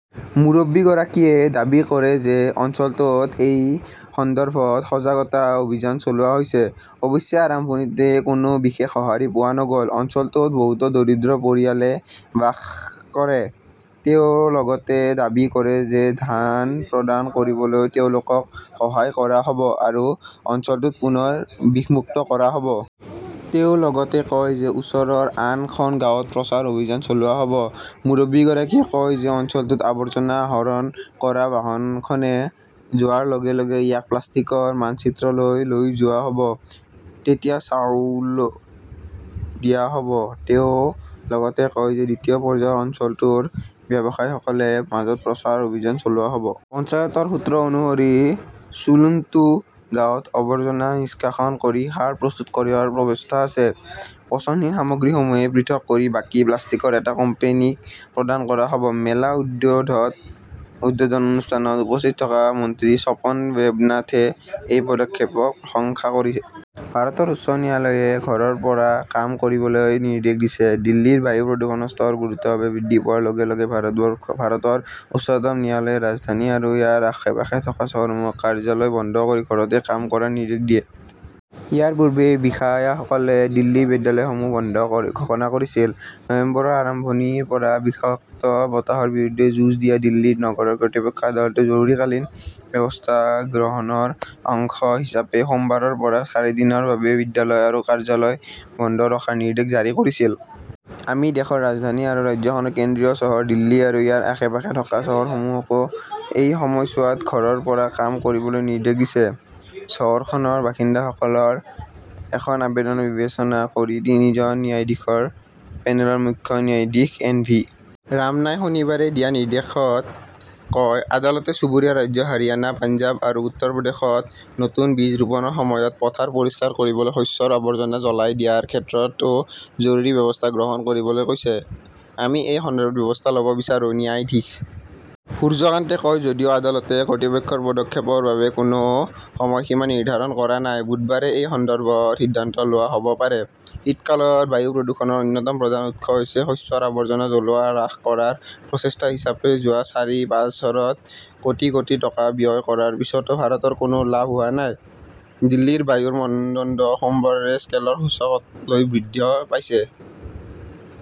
মুৰব্বীগৰাকীয়ে দাবী কৰে যে অঞ্চলটোত এই সন্দৰ্ভত সজাগতা অভিযান চলোৱা হৈছে। অৱশ্যে আৰম্ভণিতে কোনো বিশেষ সঁহাৰি পোৱা নগ'ল। অঞ্চলটোত বহুতো দৰিদ্ৰ পৰিয়ালে বাস কৰে। তেওঁ লগতে দাবী কৰে যে ধান প্ৰদান কৰিবলৈ তেওঁলোকক সহায় কৰা হ'ব আৰু অঞ্চলটোত পুনৰ বিষমুক্ত কৰা হ'ব। তেওঁ লগতে কয় যে ওচৰৰ আন খন গাঁৱত প্ৰচাৰ অভিযান চলোৱা হ'ব। মুৰব্বীগৰাকীয়ে কয় যে অঞ্চলটোত আৱৰ্জনা আহৰণ কৰা বাহনখনে যোৱাৰ লগে-লগে ইয়াক প্লাষ্টিকৰ মানচিত্ৰলৈ লৈ যোৱা হ'ব। তেতিয়া চাউলও দিয়া হ'ব। তেওঁ লগতে কয় যে দ্বিতীয় পৰ্যায়ত অঞ্চলটোৰ ব্যৱসায়ীসকলে মাজত প্ৰচাৰ অভিযান চলোৱা হ'ব। পঞ্চায়তৰ সূত্ৰ অনুসৰি চুলুণ্টু গাঁৱত আৱৰ্জনা নিষ্কাশন কৰি সাৰ প্ৰস্তুত কৰাৰ ব্যৱস্থা আছে। পচনশীল সামগ্ৰীসমূহ পৃথক কৰি বাকী প্লাষ্টিক এটা কোম্পানীক প্ৰদান কৰা হ'ব। মেলা উদ্বোধন অনুষ্ঠানত উপস্থিত থকা মন্ত্ৰী স্বপন দেৱনাথে এই পদক্ষেপক প্ৰশংসা কৰে। ভাৰতৰ উচ্চ ন্যায়ালয়ে ঘৰৰ পৰা কাম কৰিবলৈ নিৰ্দেশ দিছে দিল্লীৰ বায়ু প্ৰদূষণৰ স্তৰ গুৰুতৰভাৱে বৃদ্ধি পোৱাৰ লগে -লগে ভাৰতৰ উচ্চতম ন্যায়ালয়ে ৰাজধানী আৰু ইয়াৰ আশে-পাশে থকা চহৰসমূহত কাৰ্যালয় বন্ধ কৰি ঘৰতে কাম কৰাৰ নিৰ্দেশ দিয়ে। ইয়াৰ পূৰ্বে বিষায়াসকলে দিল্লীৰ বিদ্যালয়সমূহ বন্ধ ঘোষণা কৰিছিল। নৱেম্বৰৰ আৰম্ভণিৰ পৰা বিষাক্ত বতাহৰ বিৰুদ্ধে যুঁজ দিয়া দিল্লীৰ নগৰ কৰ্তৃপক্ষক আদালতে জৰুৰীকালীন ব্যৱস্থা গ্ৰহণৰ অংশ হিচাপে সোমবাৰৰ পৰা চাৰিদিনৰ বাবে বিদ্যালয় আৰু কাৰ্যালয় বন্ধ ৰখাৰ নিৰ্দেশনা জাৰি কৰিছিল। আমি দেশৰ ৰাজধানী আৰু ৰাজ্যখনৰ কেন্দ্ৰীয় চহৰ দিল্লী আৰু ইয়াৰ আশে-পাশে থকা চহৰসমূহকো এই সময়ছোৱাত ঘৰৰ পৰা কাম কৰিবলৈ নিৰ্দেশ দিছে। চহৰখনৰ বাসিন্দাসকলৰ এখন আবেদন বিবেচনা কৰি তিনিজন ন্যায়াধীশৰ পেনেলৰ মুখ্য ন্যায়াধীশ এন .ভি .ৰামনাই শনিবাৰে দিয়া নিৰ্দেশত কয়, আদালতে চুবুৰীয়া ৰাজ্য হাৰিয়ানা, পঞ্জাৱ আৰু উত্তৰ প্ৰদেশত নতুন বীজ ৰুপনৰ সময়ত পথাৰ পৰিষ্কাৰ কৰিবলৈ শস্যৰ আৱৰ্জনা জ্বলাই দিয়াৰ ক্ষেত্ৰতো জৰুৰী ব্যৱস্থা গ্ৰহণ কৰিবলৈ কৈছে। আমি এই সন্দৰ্ভত ব্যৱস্থা ল'ব বিচাৰো ।ন্যায়াধীশ সূৰ্য কান্তে কয় যদিও আদালতে কৰ্তৃপক্ষৰ পদক্ষেপৰ বাবে কোনো সময়সীমা নিৰ্ধাৰণ কৰা নাই, বুধবাৰে এই সন্দৰ্ভত সিদ্ধান্ত লোৱা হ'ব পাৰে। শীতকালত বায়ু প্ৰদূষণৰ অন্যতম প্ৰধান উৎস শস্যৰ আৱৰ্জনা জ্বলোৱা হ্ৰাস কৰাৰ প্ৰচেষ্টা হিচাপে যোৱা চাৰি বছৰত কোটি- কোটি টকা ব্যয় কৰাৰ পিছতো ভাৰতত কোনো লাভ হোৱা নাই। দিল্লীৰ বায়ুৰ মানদণ্ড সোমবাৰে স্কেলৰ সূচকত লৈ বৃদ্ধ পাইছে।